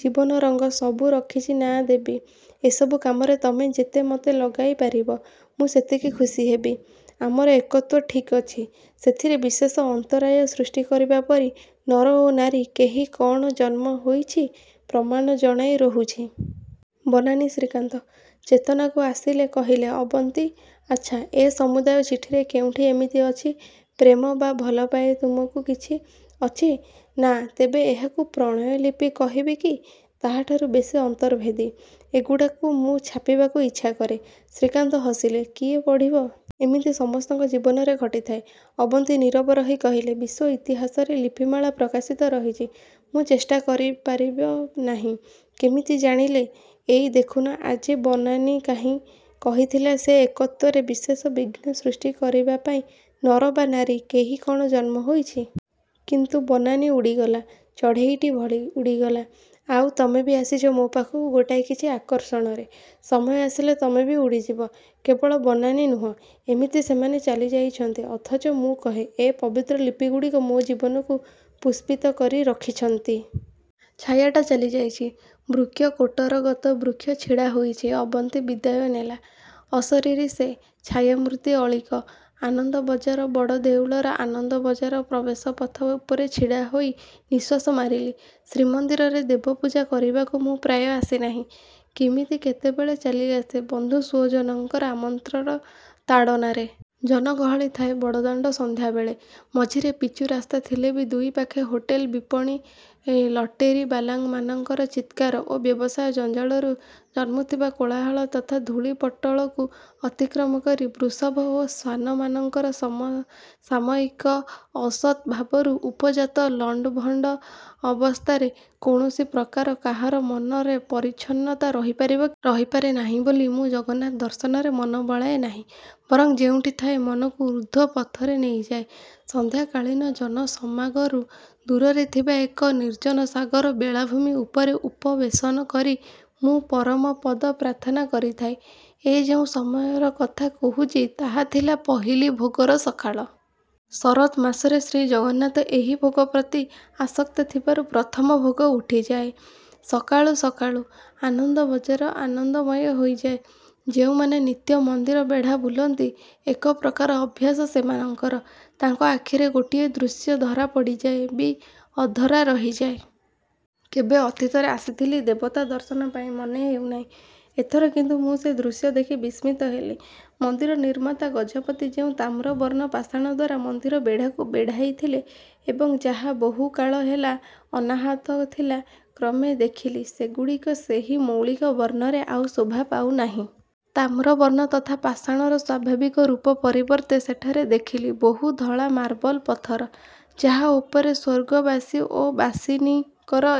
'ଜୀବନରଙ୍ଗ' ସବୁ ରଖିଛ ନା ଦେବି? ଏସବୁ କାମରେ ତମେ ଯେତେ ମତେ ଲଗେଇପାରିବ, ମୁଁ ସେତିକି ଖୁସି ହେବି। ଆମର ଏକତ୍ୱ ଠିକ୍ ଅଛି। ସେଥିରେ ବିଶେଷ ଅନ୍ତରାୟ ସୃଷ୍ଟି କରିବା ପରି ନର ଓ ନାରୀ କେହି କଅଣ ଜନ୍ମ ହୋଇଛି? ପ୍ରଣାମ ଜଣାଇ ରହୁଛି। -ବନାନୀ ଶ୍ରୀକାନ୍ତ ଚେତନାକୁ ଆସିଲେ–କହିଲେ, ଅବନ୍ତୀ… ଆଚ୍ଛା, ଏ ସମୁଦାୟ ଚିଠିରେ କେଉଁଠି ଏମିତି ଅଛି 'ପ୍ରେମ' ବା 'ଭଲପାଏ ତୁମକୁ' କିଛି ଅଛି? -ନା, -ତେବେ ଏହାକୁ ପ୍ରଣୟଲିପି କହିବି କି? -ତାହାଠାରୁ ବେଶୀ–ଅନ୍ତର୍ଭେଦୀ। -ଏଗୁଡ଼ାକୁ ମୁଁ ଛାପିବାକୁ ଇଚ୍ଛା କରେ। ଶ୍ରୀକାନ୍ତ ହସିଲେ–କିଏ ପଢ଼ିବ? ଏମିତି ସମସ୍ତଙ୍କ ଜୀବନରେ ଘଟିଥାଏ। ଅବନ୍ତୀ ନୀରବ ରହି କହିଲେ–ବିଶ୍ଵ ଇତିହାସରେ ଲିପିମାଳା ପ୍ରକାଶିତ ରହିଛି। ମୁଁ ଚେଷ୍ଟା କରିବି। -ପାରିବନାହିଁ। -କେମିତି ଜାଣିଲେ? -ଏଇ ଦେଖୁନ, ଆଜି ବନାନୀ କାହିଁ? କହିଥିଲା-ସେ 'ଏକତ୍ଵ'ରେ ବିଶେଷ ବିଘ୍ନ ସୃଷ୍ଟି କରିବାପାଇଁ ନର ବା ନାରୀ କେହି କଅଣ ଜନ୍ମ ହୋଇଛି? କିନ୍ତୁ ବନାନୀ ଉଡ଼ିଗଲା… ଚଢ଼େଇଟି ଭଳି ଉଡ଼ିଗଲା; ଆଉ ତମେ ବି ଆସିଛ ମୋ ପାଖକୁ ଗୋଟାଏ କିଛି ଆକର୍ଷଣରେ। ସମୟ ଆସିଲେ ତମେ ବି ଉଡ଼ିଯିବ। କେବଳ ବନାନୀ ନୁହଁ, ଏମିତି ସେମାନେ ଚାଲିଯାଇଛନ୍ତି ଅଥଚ ମୁଁ କହେ ଏ ପବିତ୍ର ଲିପିଗୁଡ଼ିକ ମୋ ଜୀବନକୁ ପୁଷ୍ପିତ କରି ରଖିଛନ୍ତି। ଛାୟାଟା ଚାଲିଯାଇଛି। ବୃକ୍ଷ, କୋଟରଗତ ବୃକ୍ଷ ଛିଡ଼ାହୋଇଛି… ଅବନ୍ତୀ ବିଦାୟ ନେଲା। ଅଶରୀରୀ ସେ, ଛାୟାମୂର୍ତ୍ତି ଅଳୀକ– ଆନନ୍ଦବଜାର ବଡ଼ଦେଉଳର ଆନନ୍ଦବଜାର ପ୍ରବେଶପଥ ଉପରେ ଛିଡ଼ା ହୋଇ ନିଃଶ୍ୱାସ ମାରିଲି। ଶ୍ରୀମନ୍ଦିରରେ ଦେବପୂଜା କରିବାକୁ ମୁଁ ପ୍ରାୟ ଆସେ ନାହିଁ। କିମିତି କେତେବେଳେ ଚାଲିଆସେ ବନ୍ଧୁ ସ୍ୱଜନଙ୍କର ଆମନ୍ତ୍ରଣ ତାଡ଼ନାରେ। ଜନଗହଳି ଥାଏ ବଡ଼ଦାଣ୍ଡ ସନ୍ଧ୍ୟାବେଳେ। ମଝିରେ ପିଚୁରାସ୍ତା ଥିଲେ ବି ଦୁଇ ପାଖେ ହୋଟେଲ, ବିପଣି, ଲଟେରୀବାଲାମାନଙ୍କର ଚିତ୍କାର ଓ ବ୍ୟବସାୟ-ଜଞ୍ଜାଳରୁ ଜନ୍ମୁ ଥିବା କୋଳାହଳ ତଥା ଧୂଳିପଟଳକୁ ଅତିକ୍ରମ କରି ବୃଷଭ ଓ ଶ୍ୱାନମାନଙ୍କର ସାମୟିକ ଅସତ୍ ଭାବରୁ ଉପଜାତ ଲଣ୍ଡଭଣ୍ଡ ଅବସ୍ଥାରେ କୌଣସି ପ୍ରକାରେ କାହାର ମନର ପରିଚ୍ଛନ୍ନତା ରହିପାରେ କି? ରହିପାରେ ନାହିଁ ବୋଲି ମୁଁ ଜଗନ୍ନାଥଦର୍ଶନରେ ମନ ବଳାଏ ନାହିଁ। ବରଂ ଯେଉଁଠି ଥାଏ, ମନକୁ ଉର୍ଦ୍ଧ୍ୱ ପଥରେ ନେଇଯାଏ। ସନ୍ଧ୍ୟାକାଳୀନ ଜନସମାଗମରୁ ଦୂରରେ ଥିବା ଏକ ନିର୍ଜନ ସାଗର ବେଳାଭୂମି ଉପରେ ଉପବେଶନ କରି ମୁଁ ପରମପଦ ପ୍ରାର୍ଥନା କରିଥାଏ। ଏ ଯେଉଁ ସମୟ କଥା କହୁଛି, ତାହା ଥିଲା ପହିଲି ଭୋଗର ସକାଳ। ଶରତ୍ ମାସରେ ଶ୍ରୀଜଗନ୍ନାଥ ଏହି ଭୋଗ ପ୍ରତି ଆସକ୍ତ ଥିବାରୁ ପ୍ରଥମ ଭୋଗ ଉଠିଯାଏ ସକାଳୁ ସକାଳୁ। ଆନନ୍ଦବଜାର ଆନନ୍ଦମୟ ହୋଇଯାଏ-। ଯେଉଁମାନେ ନିତ୍ୟ ମନ୍ଦିର ବେଢ଼ା ବୁଲନ୍ତି, ଏକ ପ୍ରକାର ଅଭ୍ୟାସ ସେମାନଙ୍କର। ତାଙ୍କ ଆଖିରେ ଗୋଟିଏ ଦୃଶ୍ୟ ଧରାପଡ଼ିଯାଏ ବି ଅଧରା ରହିଯାଏ। କେବେ ଅତୀତରେ ଆସିଥିଲି ଦେବତା ଦର୍ଶନ ପାଇଁ, ମନେ ହେଉନାହିଁ, ଏଥର କିନ୍ତୁ ମୁଁ ସେ ଦୃଶ୍ୟ ଦେଖି ବିସ୍ମିତ ହେଲି। ମନ୍ଦିର ନିର୍ମାତା ଗଜପତି ଯେଉଁ ତାମ୍ରବର୍ଣ୍ଣ ପାଷାଣଦ୍ଵାରା ମନ୍ଦିର ବେଢ଼ାକୁ ବେଢ଼ାଇଥିଲେ ଏବଂ ଯାହା ବହୁକାଳ ହେଲା ଅନାହତ ଥିଲା, କ୍ରମେ ଦେଖିଲି ସେଗୁଡ଼ିକ ସେହି ମୌଳିକ ବର୍ଣ୍ଣରେ ଆଉ ଶୋଭା ପାଉନାହିଁ। ତାମ୍ରବର୍ଣ୍ଣ ତଥା ପାଷାଣର ସ୍ଵାଭାବିକ ରୂପ ପରିବର୍ତ୍ତେ ସେଠାରେ ଦେଖିଲି ବହୁ ଧଳା ମାର୍ବଲ ପଥର, ଯାହା ଉପରେ ସ୍ୱର୍ଗବାସୀ ଓ ବାସିନୀଙ୍କର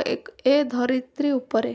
ଏ ଧରିତ୍ରୀ ଉପରେ